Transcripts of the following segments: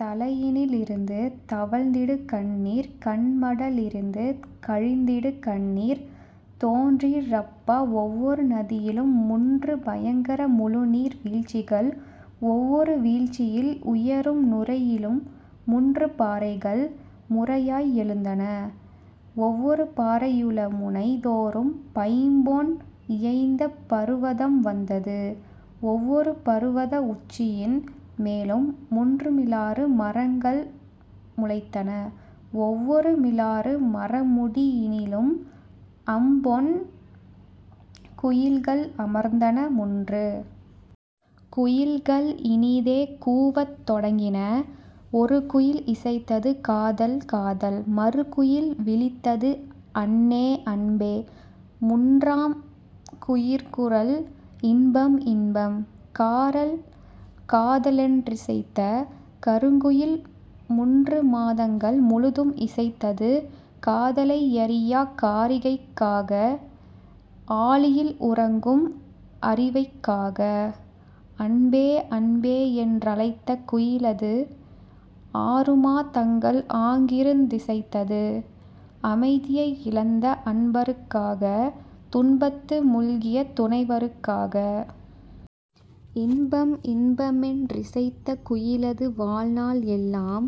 தலையினி லிருந்து தவழ்ந்திடு கண்ணீர் கண்மட லிருந்து கழிந்திடு கண்ணீர். தோன்றிற் றப்பா ஒவ்வொரு நதியிலும் முன்று பயங்கர முழுநீர் வீழ்ச்சிகள், ஒவ்வொரு வீழ்ச்சியில் உயரும் நுரையிலும் முன்று பாறைகள் முறையாய் எழுந்தன, ஒவ்வொரு பாறை யுளமுனை தோறும் பைம்பொன் இயைந்த பருவதம் வந்தது, ஒவ்வொரு பருவத உச்சியின் மேலும் முன்று மிலாறு மரங்கள் முளைத்தன, ஒவ்வொரு மிலாறு மரமுடி யினிலும் அம்பொன் குயில்கள் அமர்ந்தன முன்று. குயில்கள் இனிதே கூவத் தொடங்கின: ஒருகுயில் இசைத்தது:'காதல், காதல்! ' மறுகுயில் விளித்தது:'அன்னே, அன்பே! ' முன்றாம் குயிற்குரல்:'இன்பம், இன்பம்! ' 'காரல், காத' லென் றிசைத்த கருங்குயில் முன்றுமா தங்கள் முழுதும் இசைத்தது காதலை யறியாக் காரிகைக் காக ஆழியில் உறங்கும் அரிவைக் காக. 'அன்பே, அன்பே'யென் றழைத்த குயிலது ஆறுமா தங்கள் ஆங்கிருந் திசைத்தது அமைதியை இழந்த அன்பருக் காக துன்பத்து முழ்கிய துணைவருக் காக. 'இன்பம், இன்ப'மென் றிசைத்த குயிலது வாழ்நாள் எல்லாம்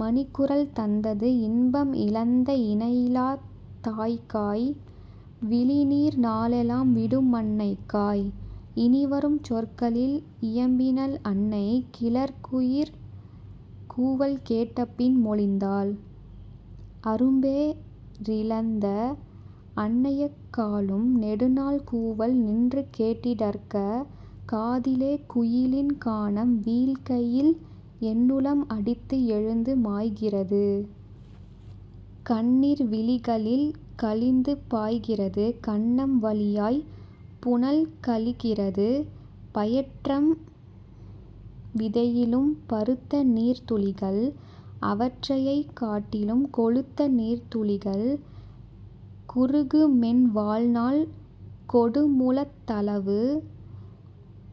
மணிக்குரல் தந்தது இன்பம் இழந்த இணையிலாத் தாய்க்காய் விழிநீர் நாளெலாம் விடுமன் னைக்காய். இனிவரும் சொற்களில் இயம்பினள் அன்னை கிளர்குயிற் கூவல் கேட்டபின் மொழிந்தாள்: "அரும்பே றிழந்த அன்னையெக் காலும் நெடுநாள் கூவல் நின்றுகேட் டிடற்க காதிலே குயிலின் கானம் வீழ்கையில் என்னுளம் அடித்து எழுந்து மாய்கிறது கண்ணீர் விழிகளில் கழிந்துபாய் கிறது கன்னம் வழியாய்ப் புனல்கழி கிறது பயற்றம் விதையிலும் பருத்தநீர்த் துளிகள் அவரையைக் காட்டிலும் கொழுத்த நீர்த்துளிகள்; குறுகுமென் வாழ்நாள் கொடுமுழத் தளவு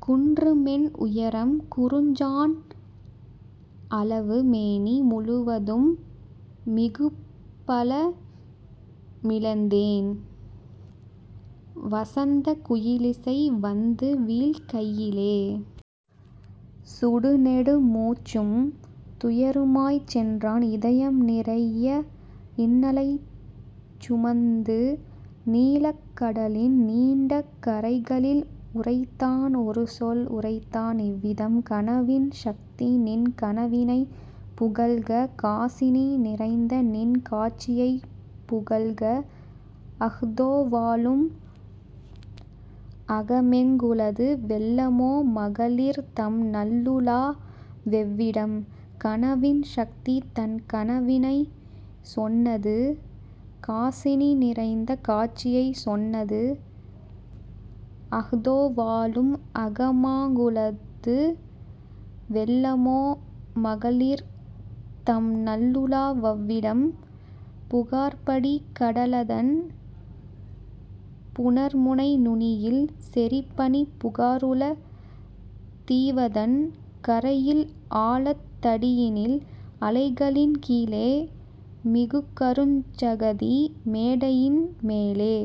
குன்றுமென் உயரம் குறுஞ்சாண் அளவு மேனி முழுவதும் மிகுபல மிழந்தேன் வசந்தக் குயிலிசை வந்துவீழ் கையிலே. சுடுநெடு மூச்சும் துயருமாய்ச் சென்றான் இதயம் நிறைய இன்னலைச் சுமந்து நீலக் கடலின் நீண்ட கரைகளில் உரைத்தான் ஒருசொல் உரைத்தான் இவ்விதம்: "கனவின் சக்திநின் கனவினைப் புகல்க காசினி நிறைந்தநின் காட்சியைப் புகல்க அஹ்தோ வாழும் அகமெங் குளது வெல்லமோ மகளிர்தம் நல்லுலா வெவ்விடம்? " கனவின் சக்திதன் கனவினைச் சொன்னது காசினி நிறைந்த காட்சியைச் சொன்னது: "அஹ்தோ வாழும் அகமாங் குளது வெல்லமோ மகளிர்தம் நல்லுலா வவ்விடம் புகார்படி கடலதன் புணர்முனை நுனியில் செறிபனிப் புகாருள தீவதன் கரையில் ஆழத் தடியினில் அலைகளின் கீழே மிகுகருஞ் சகதி மேடையின் மேலே.